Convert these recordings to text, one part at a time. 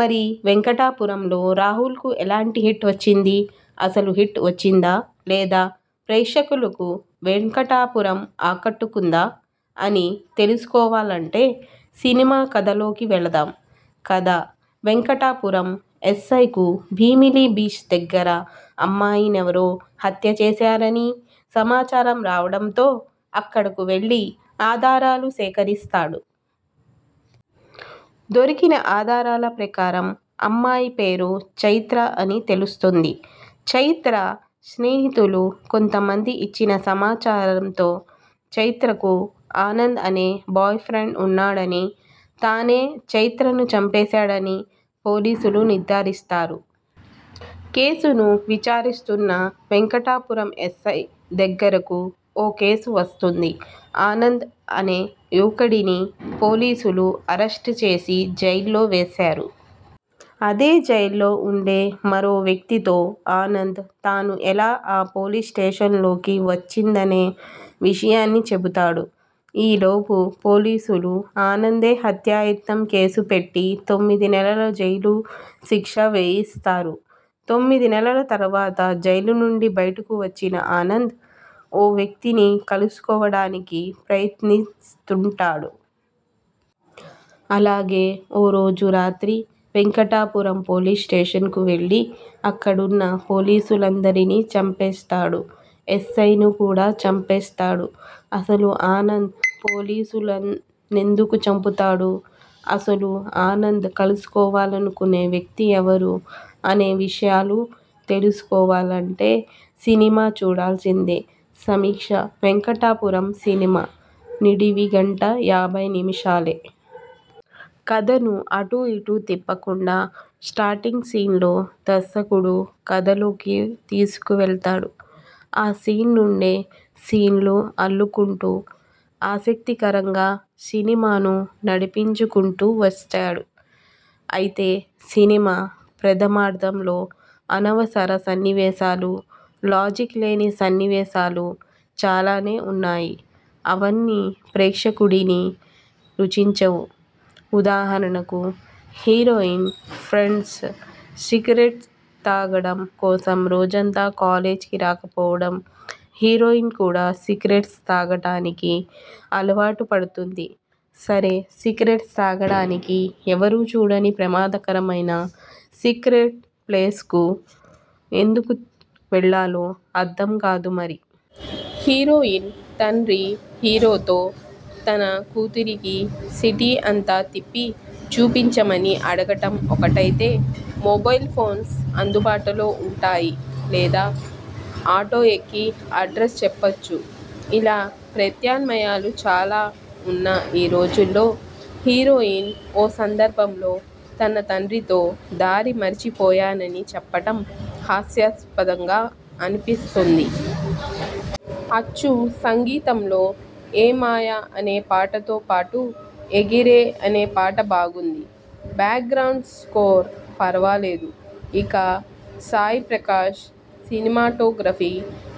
మరి వెంకటాపురంతో రాహుల్కు ఎలాంటి హిట్ వచ్చింది? అసలు హిట్ వచ్చిందా? లేదా? ప్రేక్షకులను వెంకటాపురం ఆకట్టుకుందా? అని తెలుసు కోవాలంటే సినిమా కథలోకి వెళదాం కథ వెంకటాపురం ఎస్సైకు భీమిలి బీచ్ దగ్గర అమ్మాయినెవరో హత్య చేశారని సమాచారం రావడంతో అక్కడకు వెళ్ళి ఆధారాలు సేకరిస్తాడు. దొరికిన ఆధారాల ప్రకారం అమ్మాయి పేరు ఛైత్ర అని తెలుస్తుంది. ఛైత్ర స్నేహితులు కొంత మంది ఇచ్చిన సమాచారంతో ఛైత్రకు ఆనంద్ అనే బాయ్ఫ్రెండ్ ఉన్నాడని, తనే ఛైత్రను చంపేశాడని పోలీసులు నిర్దారిస్తారు. కేసును విచారిస్తున్న వెంకటాపురం ఎస్సై దగ్గరకు ఓ కేసు వస్తుంది. ఆనంద్ అనే యువకుడిని పోలీసులు అరెస్ట్ చేసి జైల్లో వేస్తారు. అదే జైల్లో ఉండే మరో వ్యక్తితో ఆనంద్ తను ఎలా ఆ పోలీస్ స్టేషన్లోకి వచ్చిందనే విషయాన్ని చెబుతాడు. ఈ లోపు పోలీసులు ఆనంద్ హత్యాయత్నం కేసు పెట్టి తొమ్మిది నెలలు జైలు శిక్ష వేయిస్తారు. తొమ్మిది నెలలు తర్వాత జైలు నుండి బయటకు వచ్చిన ఆనంద్, ఓ వ్యక్తిని కలుసుకోవడానికి ప్రయత్నిస్తుంటాడు. అలాగే ఓ రోజు రాత్రి వెంకటాపురం పోలీస్ స్టేషన్కు వెళ్ళి అక్కడున్న పోలీసులందరినీ చంపేస్తాడు. ఎస్సైను కూడా చంపేస్తాడు. అసలు ఆనంద్ పోలీసులనెందుకు చంపుతాడు? అసలు ఆనంద్ కలుసుకోవాలనుకునే వ్యక్తి ఎవరు? అనే విషయాలు తెలుసుకోవాలంటే సినిమా చూడాల్సిందే సమీక్ష 'వెంకటాపురం' సినిమా నిడివి గంట యాబై నిమిషాలే. కథను అటు ఇటు తిప్పకుండా స్టార్టింగ్ సీన్లో దర్శకుడు కథలోకి తీసుకు వెళతాడు. ఆ సీన్ నుండే సీన్లు అల్లుకుంటూ, ఆసక్తి కరంగా సినిమాను నడింపిచుకుంటూ వచ్చాడు. అయితే సినిమా ప్రథమార్థంలో అనవసర సన్నివేశాలు, లాజిక్ లేని సన్నివేశాలు చాలానే ఉన్నాయి. అవన్నీ ప్రేక్షకుడిని రుచించవు. ఉదాహరణకు హీరోయిన్ ఫ్రెండ్స్ సిగరెట్స్ తాగడం కోసం రోజంతా కాలేజ్కు రాకపోవడం, హీరోయిన్ కూడా సిగరెట్స్ త్రాగడానికి అలవాటు పడుతుంది సరే సిగరెట్స్ తాగడానికి ఎవరూ చూడని ప్రమాద కరమైన సీక్రెట్ ప్లేస్కు ఎందుకు వెళ్ళాలో అర్థం కాదు మరి. హీరోయిన్ తండ్రి హీరోతో తన కూతురికి సిటీ అంతా తిప్పి చూపించమని అడగటం ఒకటైతే, మొబైల్ఫోన్స్ అందుబాటులో ఉంటాయి. లేదా ఆటో ఎక్కి అడ్రస్ చెప్పొచ్చు ఇలా ప్రత్యామ్నాయాలు చాలా ఉన్న ఈ రోజుల్లో హీరోయిన్ ఓ సందర్భంలో తన తండ్రితో దారి మరచిపోయానని చెప్పడం హాస్యాస్పదంగా అనిపిస్తుంది. అచ్చు సంగీతంలో ఏ మాయ అనే పాటతో పాటు ఎగిరే అనే పాట బావుంది. బ్యాక్గ్రౌండ్ స్కోర్ పరావాలేదు. ఇక సాయి ప్రకాష్ సినిమాటోగ్రఫీ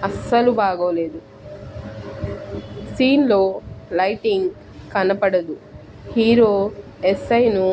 అస్సలు బాలేదు. సీన్స్లో లైటింగ్ కనపడదు హీరో, ఎస్సైను